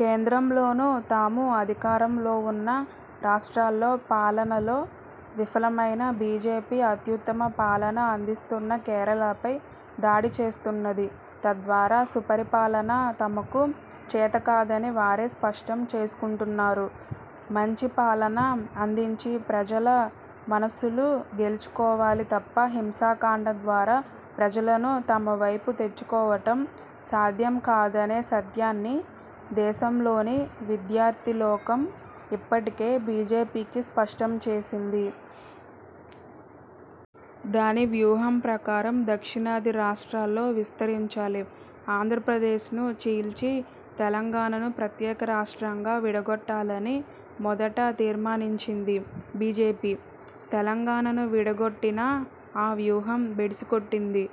కేంద్రంలోనూ, తామూ అధికారంలోవున్న రాష్ట్రాల్లో పాలనలో విఫలమైన బీజేపీ అత్యుత్తమ పాలన అందిస్తున్న కేరళపై దాడిచేస్తున్నది. తద్వారా సుపరిపాలన తమకు చేతకాదని వారే స్పష్టం చేసుకుంటున్నారు. మంచి పాలన అందించి ప్రజల మనసులు గెలుచుకోవాలి తప్ప హింసాకాండ ద్వారా ప్రజలను తమ వైపు తెచ్చుకోవటం సాధ్యంకాదనే సత్యాన్ని దేశంలోని విద్యార్థిలోకం ఇప్పటికే బీజేపీకి స్పష్టం చేసింది. దాని వ్యూహం ప్రకారం దక్షిణాది రాష్ట్రాల్లో విస్తరించాలి. ఆంధ్రప్రదేశ్ను చీల్చి తెలంగాణను ప్రత్యేక రాష్ట్రంగా విడగొట్టాలని మొదట తీర్మానించింది బీజేపీ. తెలంగాణను విడగొట్టినా ఆ వ్యూహం బెడిసికొట్టింది.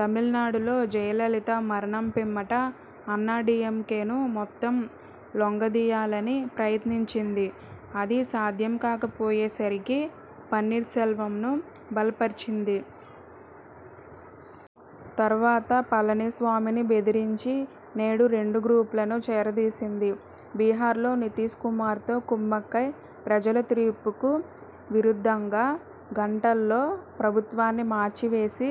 తమిళనాడులో జయలలిత మరణం పిమ్మట అన్నాడీఎంకేను మొత్తం లొంగదీయాలని ప్రయత్నించింది. అది సాధ్యంకాకపోయేసరికి పన్నీరు సెల్వంను బలపర్చింది. తర్వాత పళనిస్వామిని బెదిరించి నేడు రెండు గ్రూప్లను చేరదీసింది. బిహార్లో నితీశ్ కుమార్తో కుమ్మక్కై ప్రజలతీర్పుకు విరుద్ధంగా గంటల్లో ప్రభుత్వాన్ని మార్చి వేసి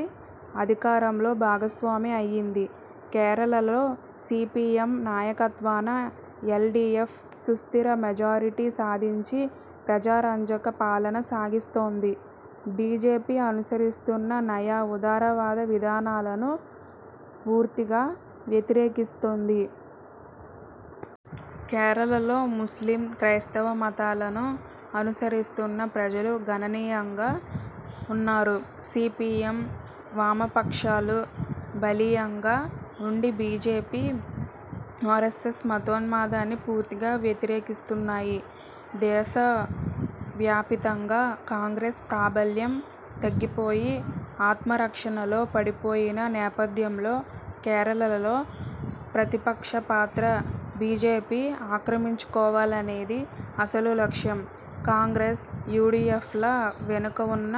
అధికారంలో భాగస్వామి అయింది. కేరళలో సీపీఎం నాయకత్వాన ఎల్ డీఎఫ్ సుస్థిర మెజారిటీ సాధించి ప్రజారంజక పాలన సాగిస్తోంది. బీజేపీ అనుసరిస్తున్న నయా ఉదారవాద విధానాలను పూర్తిగా వ్యతిరేకిస్తోంది. కేరళలో ముస్లిం, క్రైస్తవ మతాలను అనుసరిస్తున్న ప్రజలు గణనీయంగా వున్నారు. సీపీఎం, వామపక్షాలు బలీయంగా ఉండి బీజేపీ, ఆరెస్సెస్ మతోన్మాదాన్ని పూర్తిగా వ్యతిరేకిస్తున్నాయి. దేశ వ్యాపితంగా కాంగ్రెస్ ప్రాబల్యం తగ్గిపోయి ఆత్మరక్షణలో పడిపోయిన నేపథ్యంలో, కేరళలో ప్రతిపక్షపాత్ర బీజేపీ ఆక్రమించుకోవాలనేది అసలు లక్ష్యం. కాంగ్రెస్, యూడీఎఫ్ల వెనుకవున్న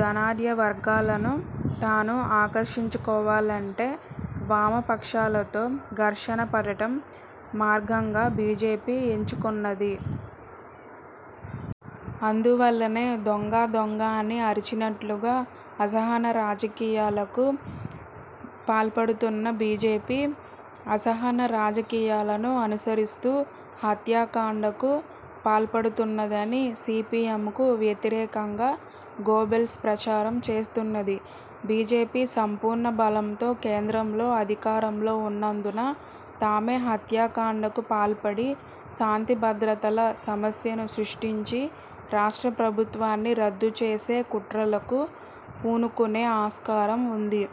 ధనాడ్యవర్గాలను తాను ఆకర్షించుకోవాలంటే వామపక్షాలతో ఘర్షణపడటం మార్గంగా బీజేపీ ఎంచుకొన్నది. అందువల్లనే దొంగ దొంగ అని అరచినట్లుగా అసహన రాజకీయాలకు పాల్పడుతున్న బీజేపీ, అసహన రాజకీయాలను అనుసరిస్తూ హత్యాకాండకు పాల్పడుతున్నదని సీపీఎంకు వ్యతిరేకంగా గోబెల్స్ ప్రచారం చేస్తున్నది. బీజేపీ సంపూర్ణ బలంతో కేంద్రంలో అధికారంలో ఉన్నందున తామే హత్యాకాండకు పాల్పడి, శాంతిభద్రతల సమస్యను సృష్టించి, రాష్ట్ర ప్రభుత్వాన్ని రద్దు చేసే కుట్రలకు పూనుకునే ఆస్కారం వుంది.